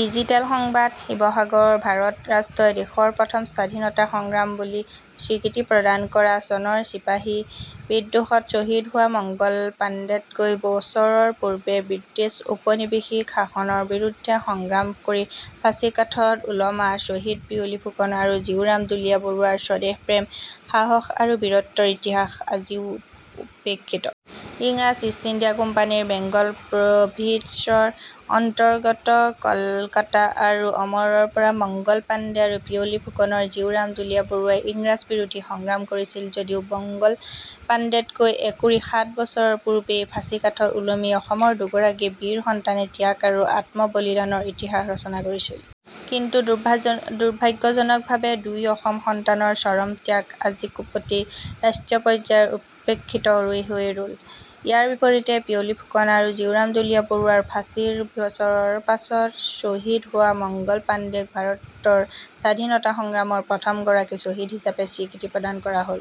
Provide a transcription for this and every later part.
Digital সংবাদ, শিৱসাগৰঃ ভাৰত ৰাষ্ট্ৰই দেশৰ প্ৰথম স্বাধীনতা সংগ্ৰাম বুলি স্বীকৃতি প্ৰদান কৰা চনৰ চিপাহী বিদ্ৰোহত ছহিদ হোৱা মংগল পাণ্ডেতকৈ বছৰৰ পূৰ্বে ব্ৰিটিছ ঔপনিৱেশিক শাসকৰ বিৰুদ্ধে সংগ্ৰাম কৰি ফাঁচীকাঠত ওলমা ছহিদ পিয়লি ফুকন আৰু জীউৰাম দুলীয়া বৰুৱাৰ স্বদেশপ্ৰেম, সাহস আৰু বীৰত্বৰ ইতিহাস আজিও উপেক্ষিত। ইংৰাজ ইষ্ট ইণ্ডিয়া কোম্পানীৰ বেংগল প্ৰভিন্সৰ অন্তৰ্গত কলকাতা আৰু অসমৰ পৰা মংগল পাণ্ডে আৰু পিয়লি ফুকন-জীউৰাম দুলীয়া বৰুৱাই ইংৰাজ বিৰোধী সংগ্ৰাম কৰিছিল যদিও মংগল পাণ্ডেতকৈ একুৰি সাত বছৰৰ পূৰ্বেই ফাঁচীকাঠত ওলমি অসমৰ দুগৰাকী বীৰ সন্তানে ত্যাগ আৰু আত্মবলিদানৰ ইতিহাস ৰচনা কৰিছিল। কিন্তু দুৰ্ভাগ্যজনকভাৱে দুই অসম সন্তানৰ চৰম ত্যাগ আজিকোপতি ৰাষ্ট্ৰীয় পৰ্যায়ত উপেক্ষিত হৈয়ে ৰ'ল। ইয়াৰ বিপৰীতে পিয়লি ফুকন আৰু জীউৰাম দুলীয়া বৰুৱাৰ ফাঁচীৰ বছৰৰ পাছত ছহিদ হোৱা মংগল পাণ্ডেক ভাৰতৰ স্বাধীনতা সংগ্ৰামৰ প্ৰথম গৰাকী ছহিদ হিচাপে স্বীকৃতি প্ৰদান কৰা হ'ল।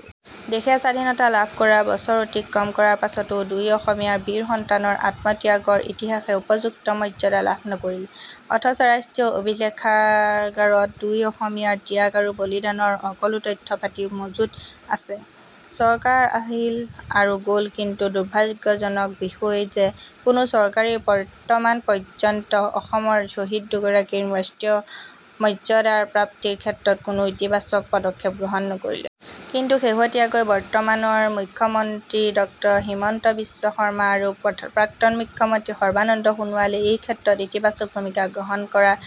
দেশে স্বাধীনতা লাভ কৰা বছৰ অতিক্ৰম কৰাৰ পাছতো দুই অসমীয়া বীৰ সন্তানৰ আত্মত্যাগৰ ইতিহাসে উপযুক্ত মৰ্য্যদা লাভ নকৰিলে। অথচ ৰাষ্ট্ৰীয় অভিলেখাগাৰত দুই অসমীয়াৰ ত্যাগ আৰু বলিদানৰ সকলো তথ্য-পাতি মজুত আছে। চৰকাৰ আহিল আৰু গ'ল কিন্তু দুৰ্ভাগ্যজনক বিষয় যে- কোনো চৰকাৰেই বৰ্তমান পৰ্য্যন্ত অসমৰ ছহিদ দুগৰাকীৰ ৰাষ্ট্ৰীয় মৰ্য্যদা প্ৰাপ্তিৰ ক্ষেত্ৰত কোনো ইতিবাচক পদক্ষেপ গ্ৰহণ নকৰিলে। কিন্তু শেহতীয়াকৈ বৰ্তমানৰ মুখ্যমন্ত্ৰী ড হিমন্ত বিশ্ব শৰ্মা আৰু প্ৰাক্তন মুখ্যমন্ত্ৰী সৰ্বানন্দ সোণোৱালে এই ক্ষেত্ৰত ইতিবাচক ভূমিকা গ্ৰহণ কৰাৰ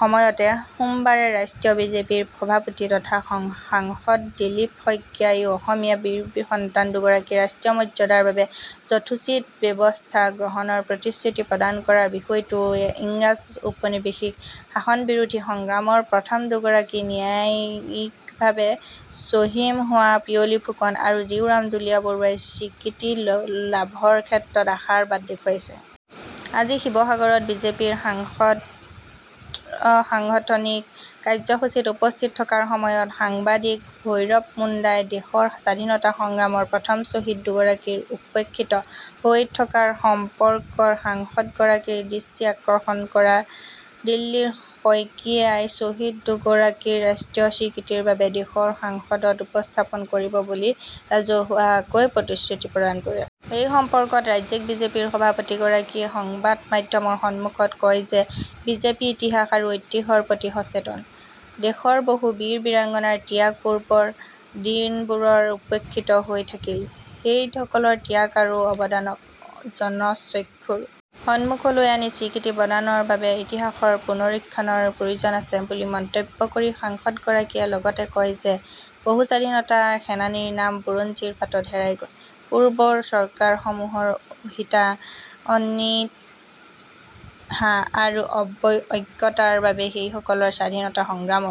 সময়তে সোমবাৰে ৰাজ্যিক বিজেপিৰ সভাপতি তথা সাংসদ দিলীপ শইকীয়াইও অসমীয়া বীৰ সন্তান দুগৰাকীৰ ৰাষ্ট্ৰীয় মৰ্য্যদাৰ বাবে যথোচিত ব্যৱস্থা গ্ৰহণৰ প্ৰতিশ্ৰুতি প্ৰদান কৰা বিষয়টোৱে ইংৰাজ ঔপনিৱেশিক শাসন বিৰোধী সংগ্ৰামৰ প্ৰথম দুগৰাকী ন্যায়িকভাবে ছহিম হোৱা পিয়লি ফুকন আৰু জীউৰাম দুলীয়া বৰুৱাই স্বীকৃতি লাভৰ ক্ষেত্ৰত আশাৰ বাট দেখুৱাইছে। আজি শিৱসাগৰত বিজেপিৰ সাংগঠনিক কাৰ্য্যসূচীত উপস্থিত থকাৰ সময়ত সাংবাদিক ভৈৰব মুণ্ডাই দেশৰ স্বাধীনতা সংগ্ৰামৰ প্ৰথম ছহিদ দুগৰাকী উপেক্ষিত হৈ থকাৰ সম্পৰ্কত সাংসদ গৰাকীৰ দৃষ্টি আকৰ্ষণ কৰাত দিলীপ শইকীয়াই ছহিদ দুগৰাকীৰ ৰাষ্ট্ৰীয় স্বীকৃতিৰ বাবে দেশৰ সাংসদত উপস্থাপন কৰিব বুলি ৰাজহুৱাকৈ প্ৰতিশ্ৰুতি প্ৰদান কৰে। এই সম্পৰ্কত ৰাজ্যিক বিজেপিৰ সভাপতি গৰাকীয়ে সংবাদ মাধ্যমৰ সন্মুখত কয় যে বিজেপি ইতিহাস আৰু ঐতিহ্যৰ প্ৰতি সচেতন। দেশৰ বহু বীৰ বীৰাংগণাৰ ত্যাগ পূৰ্বৰ দিনবোৰত উপেক্ষিত হৈ থাকিল। সেই সকলৰ ত্যাগ আৰু অৱদানক জনচক্ষুৰ সন্মুখলৈ আনি স্বীকৃতি প্ৰদানৰ বাবে ইতিহাসৰ পুনৰীক্ষণৰ প্ৰয়োজন আছে বুলি মন্তব্য কৰি সাংসদগৰাকীয়ে লগতে কয় যে, বহু স্বাধীনতা সেনানীৰ নাম বুৰঞ্জীৰ পাতত হেৰাই গ'ল৷ পূৰ্বৰ চৰকাৰসমূহৰ অনীহা আৰু অজ্ঞতাৰ বাবে সেইসকল স্বাধীনতা সংগ্ৰামৰ